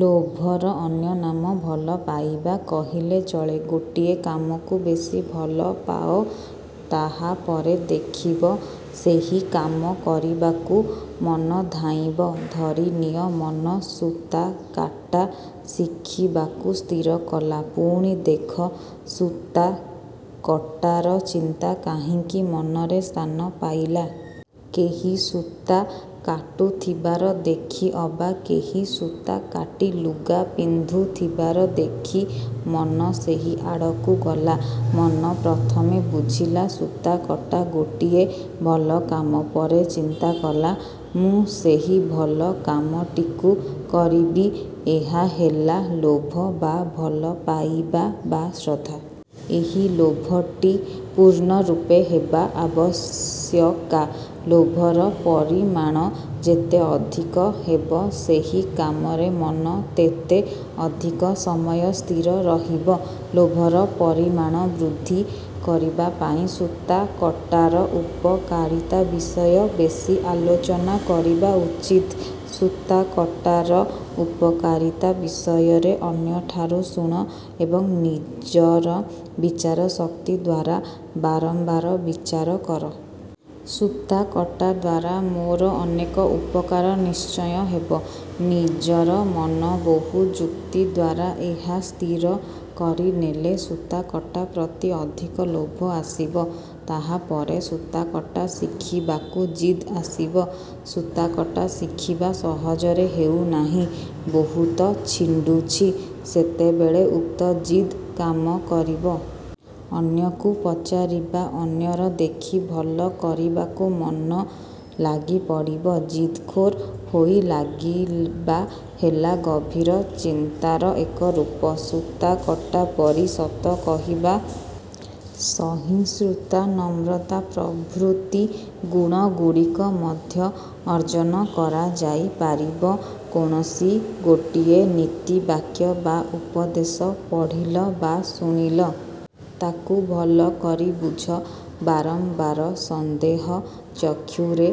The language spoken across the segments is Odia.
ଲୋଭର ଅନ୍ୟନାମ "ଭଲ ପାଇବା" କହିଲେ ଚଳେ। ଗୋଟିଏ କାମକୁ ବେଶୀ ଭଲ ପାଅ। ତାହାପରେ ଦେଖିବ, ସେହି କାମ କରିବାକୁ ମନ ଧାଇଁବ। ଧରି ନିଅ, ମନ ସୂତାକାଟା ଶିଖିବାକୁ ସ୍ଥିର କଲା। ପୁଣି ଦେଖ, ସୂତାକଟାର ଚିନ୍ତା କାହିଁକି ମନରେ ସ୍ଥାନ ପାଇଲା? କେହି ସୂତା କାଟୁଥିବାର ଦେଖି ଅବା କେହି ସୂତା କାଟି ଲୁଗା ପିନ୍ଧୁଥିବାର ଦେଖି ମନ ସେହି ଆଡ଼କୁ ଗଲା। ମନ ପ୍ରଥମେ ବୁଝିଲା, ସୂତାକଟା ଗୋଟିଏ ଭଲ କାମ। ପରେ ଚିନ୍ତା କଲା, ମୁଁ ସେହି ଭଲ କାମଟିକୁ କରିବି। ଏହା ହେଲା ଲୋଭ ବା ଭଲ ପାଇବା ବା ଶ୍ରଦ୍ଧା। ଏହି ଲୋଭଟି। ପୂର୍ଣ୍ଣରୂପେ ହେବା ଆବଶ୍ୟକା। ଲୋଭର ପରିମାଣ ଯେତେ ଅଧିକ ହେବ, ସେହି କାମରେ ମନ ତେତେ ଅଧିକ ସମୟ ସ୍ଥିର ରହିବ। ଲୋଭର ପରିମାଣ ବୃଦ୍ଧି କରିବା ପାଇଁ ସୂତାକଟାର ଉପକାରିତା ବିଷୟ ବେଶୀ ଆଲୋଚନା କରିବା ଉଚିତ। ସୂତାକଟାର ଉପକାରିତା ବିଷୟରେ ଅନ୍ୟଠାରୁ ଶୁଣ ଏବଂ ନିଜର ବିଚାରଶକ୍ତି ଦ୍ଵାରା ବାରମ୍ବାର ବିଚାର କର। ସୂତାକଟା ଦ୍ଵାରା ମୋର ଅନେକ ଉପକାର ନିଶ୍ଚୟ ହେବ। ନିଜର ମନ ବହୁ ଯୁକ୍ତି ଦ୍ଵାରା ଏହା ସ୍ଥିର କରିନେଲେ ସୂତାକଟା ପ୍ରତି ଅଧିକ ଲୋଭ ଆସିବ। ତାହାପରେ ସୂତାକଟା ଶିଖିବାକୁ ଜିଦ୍ ଆସିବ-। ସୂତାକଟା ଶିଖିବା ସହଜରେ ହେଉନାହିଁ, ବହୁତ ଛିଣ୍ଡୁଛି। ସେତେବେଳେ ଉକ୍ତ ଜିଦ୍ କାମ କରିବ। ଅନ୍ୟକୁ ପଚାରିବା ଅନ୍ୟର ଦେଖି ଭଲ କରିବାକୁ ମନ ଲାଗିପଡ଼ିବ। ଜିଦଖୋର୍ ହୋଇ ଲାଗିବା ହେଲା ଗଭୀର ଚିନ୍ତାର ଏକ ରୂପ। ସୂତାକଟାପରି ସତ କହିବା, ସହିଷ୍ଣୁତା, ନମ୍ରତା ପ୍ରଭୃତି ଗୁଣଗୁଡ଼ିକ ମଧ୍ୟ ଅର୍ଜନ କରାଯାଇ ପାରିବ। କୌଣସି ଗୋଟିଏ ନୀତିବାକ୍ୟ ବା ଉପଦେଶ ପଢ଼ିଲ ବା ଶୁଣିଲ। ତାକୁ ଭଲକରି ବୁଝ, ବାରମ୍ବାର ସନ୍ଦେହ ଚକ୍ଷୁରେ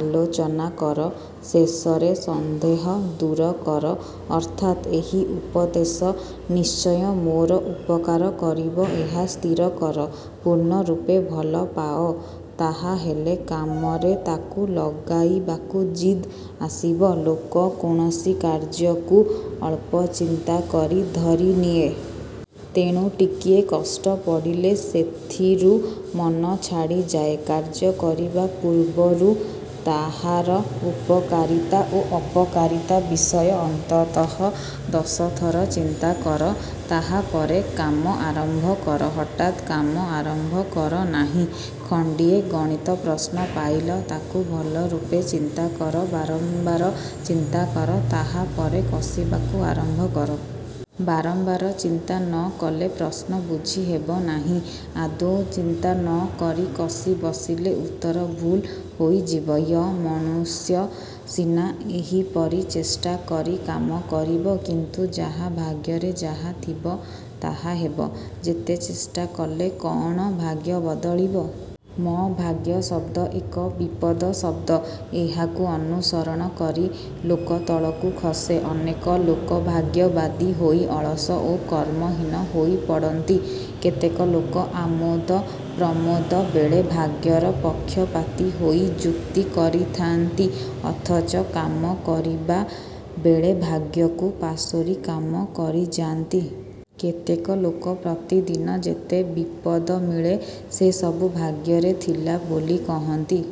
ଆଲୋଚନା କର; ଶେଷରେ ସନ୍ଦେହ ଦୂର କର ଅର୍ଥାତ୍ ଏହି ଉପଦେଶ ନିଶ୍ଚୟ ମୋର ଉପକାର କରିବ, ଏହା ସ୍ଥିର କର। ପୂର୍ଣ୍ଣରୂପେ ଭଲ ପାଅ, ତାହାହେଲେ କାମରେ ତାକୁ ଲଗାଇବାକୁ ଜିଦ୍ ଆସିବ। ଲୋକ କୌଣସି କାର୍ଯ୍ୟକୁ ଅଳ୍ପ ଚିନ୍ତା କରି ଧରିନିଏ। ତେଣୁ ଟିକିଏ କଷ୍ଟ ପଡ଼ିଲେ ସେଥିରୁ ମନ ଛାଡ଼ିଯାଏ। କାର୍ଯ୍ୟ କରିବା ପୂର୍ବରୁ ତାହାର ଉପକାରିତା ଓ ଅପକାରିତା ବିଷୟ ଅନ୍ତତଃ ଦଶଥର ଚିନ୍ତା କର, ତାହାପରେ କାମ ଆରମ୍ଭ କର। ହଠାତ୍ କାମ ଆରମ୍ଭ କର ନାହିଁ। ଖଣ୍ଡିଏ ଗଣିତ ପ୍ରଶ୍ନ ପାଇଲ। ତାକୁ ଭଲରୂପେ ଚିନ୍ତା କର, ବାରମ୍ବାର ଚିନ୍ତା କର; ତାହାପରେ କଷିବାକୁ ଆରମ୍ଭ କର। ବାରମ୍ବାର ଚିନ୍ତା ନ କଲେ ପ୍ରଶ୍ନ ବୁଝି ହେବ ନାହିଁ। ଆଦୌ ଚିନ୍ତା ନ କରି କଷି ବସିଲେ ଉତ୍ତର ଭୁଲ୍ ହୋଇଯିବ। ୟ-ମନୁଷ୍ୟ ସିନା ଏହିପରି ଚେଷ୍ଟା କରି କାମ କରିବ, କିନ୍ତୁ ଯାହା ଭାଗ୍ୟରେ ଯାହା ଥିବ; ତାହା ହେବ। ଯେତେ ଚେଷ୍ଟା କଲେ କଅଣ ଭାଗ୍ୟ ବଦଳିବ? ମ-ଭାଗ୍ୟ ଶବ୍ଦ ଏକ ବିପଦ ଶବ୍ଦ। ଏହାକୁ ଅନୁସରଣ କରି ଲୋକ ତଳକୁ ଖସେ। ଅନେକ ଲୋକ ଭାଗ୍ୟବାଦୀ ହୋଇ ଅଳସ ଓ କର୍ମହୀନ ହୋଇ ପଡ଼ନ୍ତି। କେତେକ ଲୋକ ଆମୋଦ ପ୍ରମୋଦ ବେଳେ ଭାଗ୍ୟର ପକ୍ଷପାତୀ ହୋଇ ଯୁକ୍ତି କରିଥାନ୍ତି ଅଥଚ କାମ କରିବାବେଳେ ଭାଗ୍ୟକୁ ପାସୋରି କାମ କରିଯାନ୍ତି। କେତେକ ଲୋକ ପ୍ରତିଦିନ ଯେତେ ବିପଦ ମିଳେ ସେସବୁ ଭାଗ୍ୟରେ ଥିଲା ବୋଲି କହନ୍ତି,